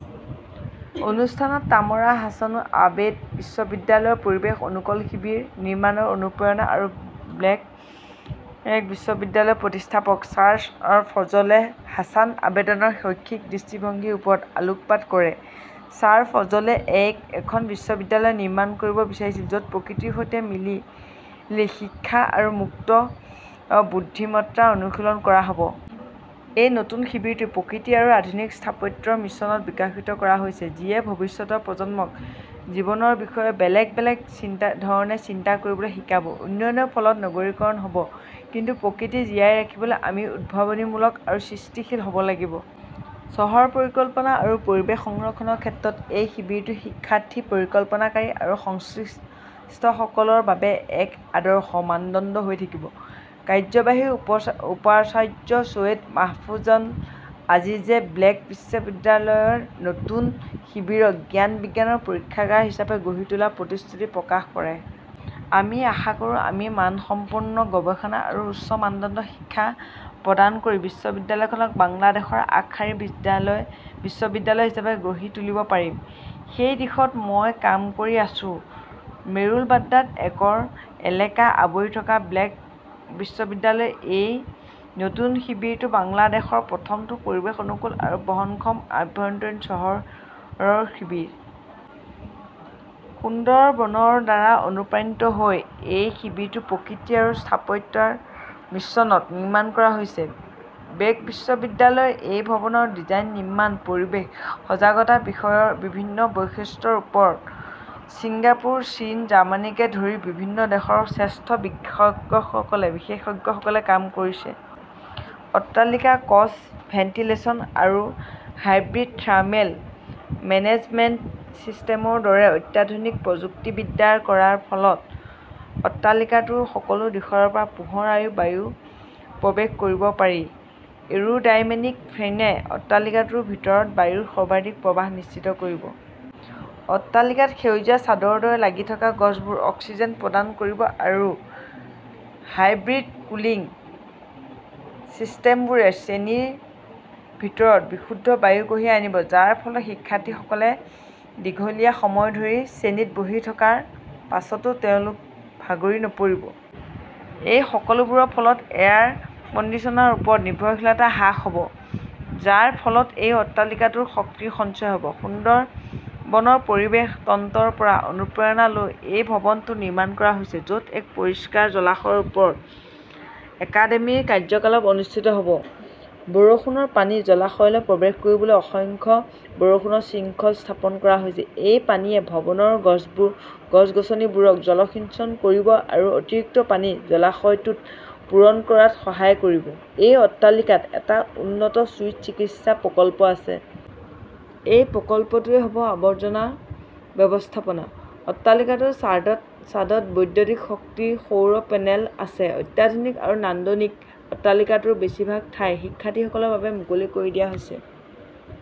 অনুষ্ঠানত তামৰা হাছানে আবেদ বিশ্ববিদ্যালয়ৰ পৰিৱেশ অনুকূল শিবিৰ নিৰ্মাণৰ অনুপ্ৰেৰণা আৰু ব্ৰেক বিশ্ববিদ্যালয়ৰ প্ৰতিষ্ঠাপক ছাৰ ফজলে হাছান আবেদৰ শৈক্ষিক দৃষ্টিভংগীৰ ওপৰত আলোকপাত কৰে। "ছাৰ ফজলে এখন বিশ্ববিদ্যালয় নিৰ্মাণ কৰিব বিচাৰিছিল য'ত প্ৰকৃতিৰ সৈতে মিলি শিক্ষা আৰু মুক্ত বুদ্ধিমত্তাৰ অনুশীলন কৰা হ'ব।" এই নতুন শিবিৰটো প্ৰকৃতি আৰু আধুনিক স্থাপত্যৰ মিশ্ৰণত বিকশিত কৰা হৈছে, যিয়ে ভৱিষ্যতৰ প্ৰজন্মক জীৱনৰ বিষয়ে বেলেগ ধৰণে চিন্তা কৰিবলৈ শিকাব। উন্নয়নৰ ফলত নগৰীকৰণ হ'ব, কিন্তু প্ৰকৃতি জীয়াই ৰাখিবলৈ আমি উদ্ভাৱনীমূলক আৰু সৃষ্টিশীল হ'ব লাগিব। চহৰ পৰিকল্পনা আৰু পৰিৱেশ সংৰক্ষণৰ ক্ষেত্ৰত এই শিবিৰটো শিক্ষাৰ্থী, পৰিকল্পনাকাৰী আৰু সংশ্লিষ্টসকলৰ বাবে এক আদৰ্শ মানদণ্ড হৈ থাকিব। কাৰ্যবাহী উপাচাৰ্য চৈয়দ মাহফুজুল আজিজে ব্ৰেক বিশ্ববিদ্যালয়ৰ নতুন শিবিৰক জ্ঞান-বিজ্ঞানৰ পৰীক্ষাগাৰ হিচাপে গঢ়ি তোলাৰ প্ৰতিশ্ৰুতি প্ৰকাশ কৰে। "আমি আশা কৰোঁ যে আমি মানসম্পন্ন গৱেষণা আৰু উচ্চ মানদণ্ডৰ শিক্ষা প্ৰদান কৰি বিশ্ববিদ্যালয়খনক বাংলাদেশৰ আগশাৰীৰ বিশ্ববিদ্যালয় হিচাপে গঢ়ি তুলিব পাৰিম। সেই দিশত মই কাম কৰি আছোঁ।" মেৰুল বাড্ডাত একৰ এলেকা আৱৰি থকা ব্ৰেক বিশ্ববিদ্যালয়ৰ এই নতুন শিবিৰটো বাংলাদেশৰ প্ৰথমটো পৰিৱেশ-অনুকূল আৰু বহনক্ষম আভ্যন্তৰীণ চহৰৰ শিবিৰ। সুন্দৰবনৰ দ্বাৰা অনুপ্ৰাণিত হৈ এই শিবিৰটো প্ৰকৃতি আৰু স্থাপত্যৰ মিশ্ৰণত নিৰ্মাণ কৰা হৈছে। ব্ৰেক বিশ্ববিদ্যালয়ৰ এই ভৱনৰ ডিজাইন, নিৰ্মাণ, পৰিৱেশ সজাগতা বিষয়ৰ বিভিন্ন বৈশিষ্ট্যৰ ওপৰত ছিংগাপুৰ, চীন, জাৰ্মানীকে ধৰি বিভিন্ন দেশৰ শ্ৰেষ্ঠ বিশেষজ্ঞসকলে কাম কৰিছে। অট্টালিকাত ক্ৰছ ভেণ্টিলেচন আৰু হাইব্ৰিড থাৰ্মেল মেনেজমেণ্ট চিষ্টেমৰ দৰে অত্যাধুনিক প্ৰযুক্তি ব্যৱহাৰ কৰাৰ ফলত অট্টালিকাটোৰ সকলো দিশৰ পৰা পোহৰ আৰু বায়ু প্ৰৱেশ কৰিব পাৰি। এৰো ডাইনামিক ফিনে অট্টালিকাটোৰ ভিতৰত বায়ুৰ সৰ্বাধিক প্ৰবাহ নিশ্চিত কৰিব। অট্টালিকাত সেউজীয়া চাদৰৰ দৰে লাগি থকা গছবোৰে অক্সিজেন প্ৰদান কৰিব আৰু হাইব্ৰিড কুলিং চিষ্টেমবোৰে শ্ৰেণীৰ ভিতৰত বিশুদ্ধ বায়ু কঢ়িয়াই আনিব, যাৰ ফলত শিক্ষাৰ্থীসকলে দীঘলীয়া সময় ধৰি শ্ৰেণীত বহি থকাৰ পাছতো তেওঁলোক ভাগৰি নপৰিব। এই সকলোবোৰৰ ফলত এয়াৰ কণ্ডিচনাৰৰ ওপৰত নিৰ্ভৰশীলতা হ্ৰাস হ'ব, যাৰ ফলত এই অট্টালিকাটোৰ শক্তিৰ সঞ্চয় হ'ব। সুন্দৰবনৰ পৰিৱেশ তন্ত্ৰৰ পৰা অনুপ্ৰেৰণা লৈ এই ভৱনটো নিৰ্মাণ কৰা হৈছে। য'ত এক পৰিষ্কাৰ জলাশয়ৰ ওপৰত একাডেমীৰ কাৰ্যকলাপ অনুষ্ঠিত হ'ব। বৰষুণৰ পানী জলাশয়লৈ প্ৰৱেশ কৰিবলৈ অসংখ্য বৰষুণৰ শৃংখল স্থাপন কৰা হৈছে। এই পানীয়ে ভৱনৰ গছ-গছনিবোৰক জলসিঞ্চন কৰিব আৰু অতিৰিক্ত পানী জলাশয়টোত পূৰণ কৰাত সহায় কৰিব। এই অট্টালিকাত এটা উন্নত চুইচ চিকিৎসা প্ৰকল্প আছে। এই প্ৰকল্পটোৱেই হ'ব আৱৰ্জনা ব্যৱস্থাপনা। অট্টালিকাটোৰ ছাদত বৈদ্যুতিক শক্তিৰ সৌৰ পেনেল আছে । অত্যাধুনিক আৰু নান্দনিক অট্টালিকাটোৰ বেছিভাগ ঠাই শিক্ষাৰ্থীসকলৰ বাবে মুকলি কৰি দিয়া হৈছে।